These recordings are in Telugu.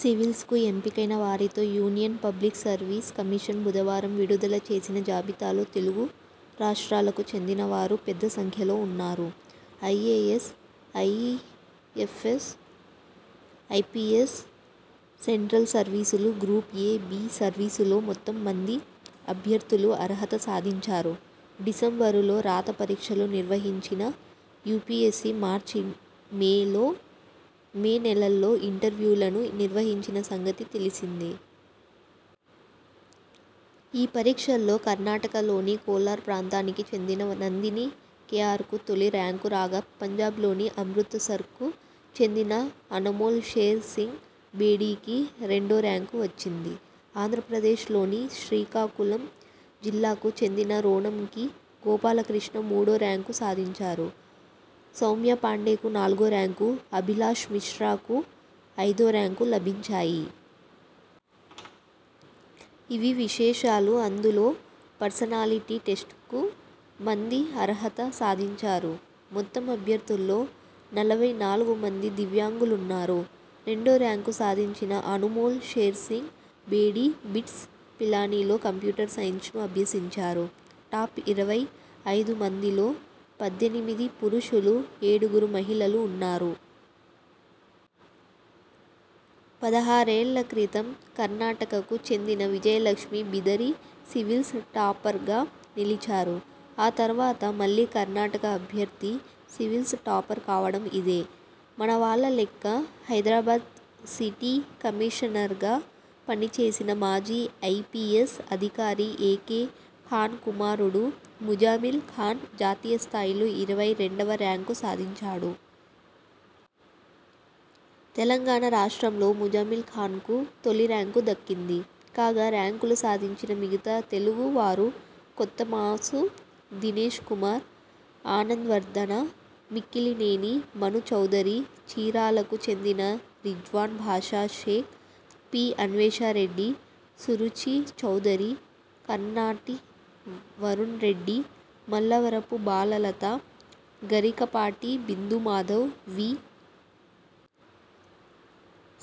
సివిల్స్కు ఎంపికైన వారితో యూనియన్ పబ్లిక్ సర్వీస్ కమిషన్ బుధవారం విడుదల చేసిన జాబితాలో తెలుగు రాష్ట్రాలకు చెందినవారు పెద్ద సంఖ్యలో ఉన్నారు. ఐఏఎస్, ఐఎ్ఫఎస్, ఐపీఎస్, సెంట్రల్ సర్వీసులు, గ్రూప్ ఎ, బి సర్వీసులలో మొత్తం మంది అభ్యర్థులు అర్హత సాధించారు. డిసెంబరు లో రాత పరీక్షలు నిర్వహించిన యూపీఎస్సీ మార్చి మే నెలల్లో ఇంటర్యూలను నిర్వహించిన సంగతి తెలిసిందే. ఈ పరీక్షల్లో కర్ణాటక లోని కోలార్ ప్రాంతానికి చెందిన నందిని కేఆర్కు తొలి ర్యాంకు రాగా పంజాబ్లోని అమృతసర్కు చెందిన అనమోల్ షేర్ సింగ్ బేడీకి రెండో ర్యాంకు వచ్చింది. ఆంధ్రప్రదేశలోని శ్రీకాకుళం జిల్లాకు చెందిన రోణంకి గోపాలకృష్ణ మూడో ర్యాంకు సాధించారు. సౌమ్య పాండేకు నాలుగో ర్యాంకు, అభిలాశ్ మిశ్రాకు ఐదో ర్యాంకు లభించాయి. ఇవీ విశేషాలు అందులో పర్సనాలిటీ టెస్ట్కు మంది అర్హత సాధించారు. మొత్తం అభ్యర్థుల్లో నలభై నాలుగు మంది దివ్యాంగులున్నారు. రెండో ర్యాంకు సాధించిన అనుమోల్ షేర్ సింగ్ బేడీ బిట్స్, పిలానీలో కంప్యూటర్ సైన్స్ను అభ్యసించారు. టాప్ ఇరవై ఐదు మందిలో పద్దెనిమిది పురుషులు, ఏడుగురు మహిళలు ఉన్నారు. పదహారేళ్ల క్రితం కర్ణాటకకు చెందిన విజయలక్ష్మి బిదరి సివిల్స్ టాపర్గా నిలిచారు. ఆ తర్వాత మళ్లీ కర్ణాటక అభ్యర్థి సివిల్స్ టాపర్ కావడం ఇదే. మనవాళ్ల లెక్క హైదరాబాద్ సిటీ కమిషనర్గా పనిచేసిన మాజీ ఐపీఎస్ అధికారి ఏకే ఖాన్ కుమారుడు ముజామిల్ ఖాన్ జాతీయస్థాయిలో ఇరవై రెండవ ర్యాంకు సాధించాడు. తెలంగాణ రాష్ట్రంలో ముజామిల్ ఖాన్కు తొలిర్యాంకు దక్కింది. కాగా ర్యాంకులు సాధించిన మిగతా తెలుగు వారు కొత్త మాసు దినేశ్కుమార్, ఆనంద్వర్ధన, మిక్కిలినేని మను చౌదరి, చీరాలకు చెందిన Rizwan Basha Shaik, P. Anvesha Reddy, Suruchi Chowdary, Karnati Varun Reddy, Mallavarapu Bala Latha, Garikapati Bindu Madhav, V.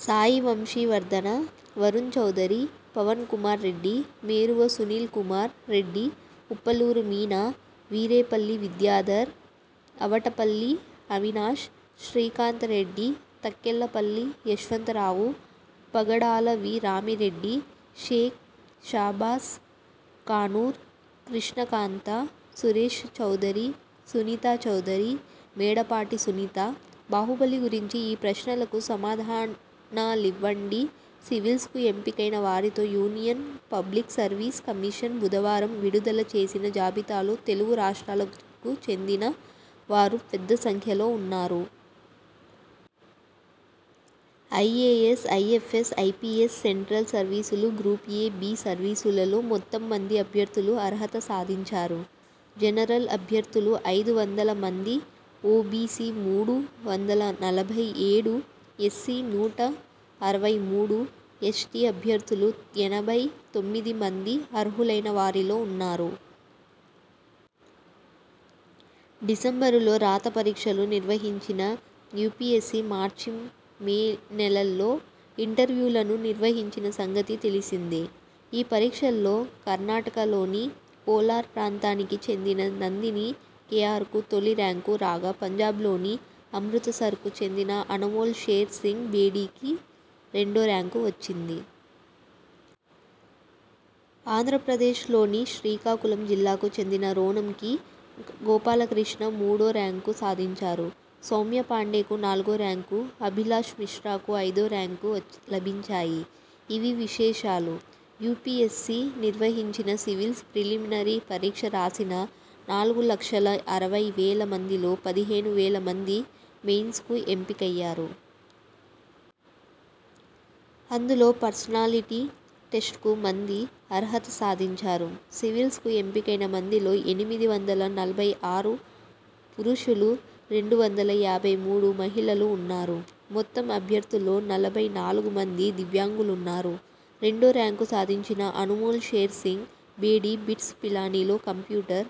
Sai Vamsi Vardhana, Varun Chowdary, Pavan Kumar Reddy, Meruva Sunil Kumar Reddy, Uppaluru Meena, Veerepalli Vidyadhar, Avatapalli Avinash, Srikantha Reddy, Takkellapalli Yashwantha Rao, Pagadala V. Rami Reddy, Shaik Shabas Kanur, Krishnakantha, Suresh Chowdary, Sunitha Chowdary, Medapati Sunitha. Baahubali గురించి ఈ ప్రశ్నలకు సమాధానాలివ్వండి సివిల్స్కు ఎంపికైన వారితో యూనియన్ పబ్లిక్ సర్వీస్ కమిషన్ బుధవారం విడుదల చేసిన జాబితాలో తెలుగు రాష్ట్రాలకు చెందిన వారు పెద్ద సంఖ్యలో ఉన్నారు. ఐఏఎస్, ఐఎ్ఫఎస్, ఐపీఎస్, సెంట్రల్ సర్వీసులు, గ్రూప్ ఎ, బి సర్వీసులలో మొత్తం మంది అభ్యర్థులు అర్హత సాధించారు. జనరల్ అభ్యర్థులు ఐదు వందల మంది, ఓబీసీ మూడు వందల నలభై ఏడు, ఎస్సీ నూట అరవై మూడు, ఎస్టీ అభ్యర్థులు ఎనభై తొమ్మిది మంది అర్హులైన వారిలో ఉన్నారు. డిసెంబరులో రాత పరీక్షలు నిర్వహించిన యూపీఎస్సీ మార్చి మే నెలల్లో ఇంటర్యూలను నిర్వహించిన సంగతి తెలిసిందే. ఈ పరీక్షల్లో కర్ణాటకలోని కోలార్ ప్రాంతానికి చెందిన నందిని కేఆర్కు తొలి ర్యాంకు రాగా పంజాబ్లోని అమృతసర్కు చెందిన అనమోల్ షేర్ సింగ్ బేడీకి రెండో ర్యాంకు వచ్చింది. ఆంధ్రప్రదేశలోని శ్రీకాకుళం జిల్లాకు చెందిన రోణంకి గోపాలకృష్ణ మూడో ర్యాంకు సాధించారు. సౌమ్య పాండేకు నాలుగో ర్యాంకు, అభిలాశ్ మిశ్రాకు ఐదో ర్యాంకు లభించాయి. ఇవీ విశేషాలు యూపీఎస్సీ నిర్వహించిన సివిల్స్ ప్రిలిమినరీ పరీక్ష రాసిన నాలుగు లక్షల అరవై వేల మందిలో పదిహేను వేల మంది మెయిన్స్కు ఎంపికయ్యారు. అందులో పర్సనాలిటీ టెస్ట్కు మంది అర్హత సాధించారు. సివిల్స్కు ఎంపికైన మందిలో ఎనిమిది వందల నలభై ఆరు పురుషులు, రెండు వందల యాభై మూడు మహిళలు ఉన్నారు. మొత్తం అభ్యర్థుల్లో నలభై నాలుగు మంది దివ్యాంగులున్నారు. రెండో ర్యాంకు సాధించిన అనుమోల్ షేర్ సింగ్ బేడీ బిట్స్, పిలానీలో కంప్యూటర్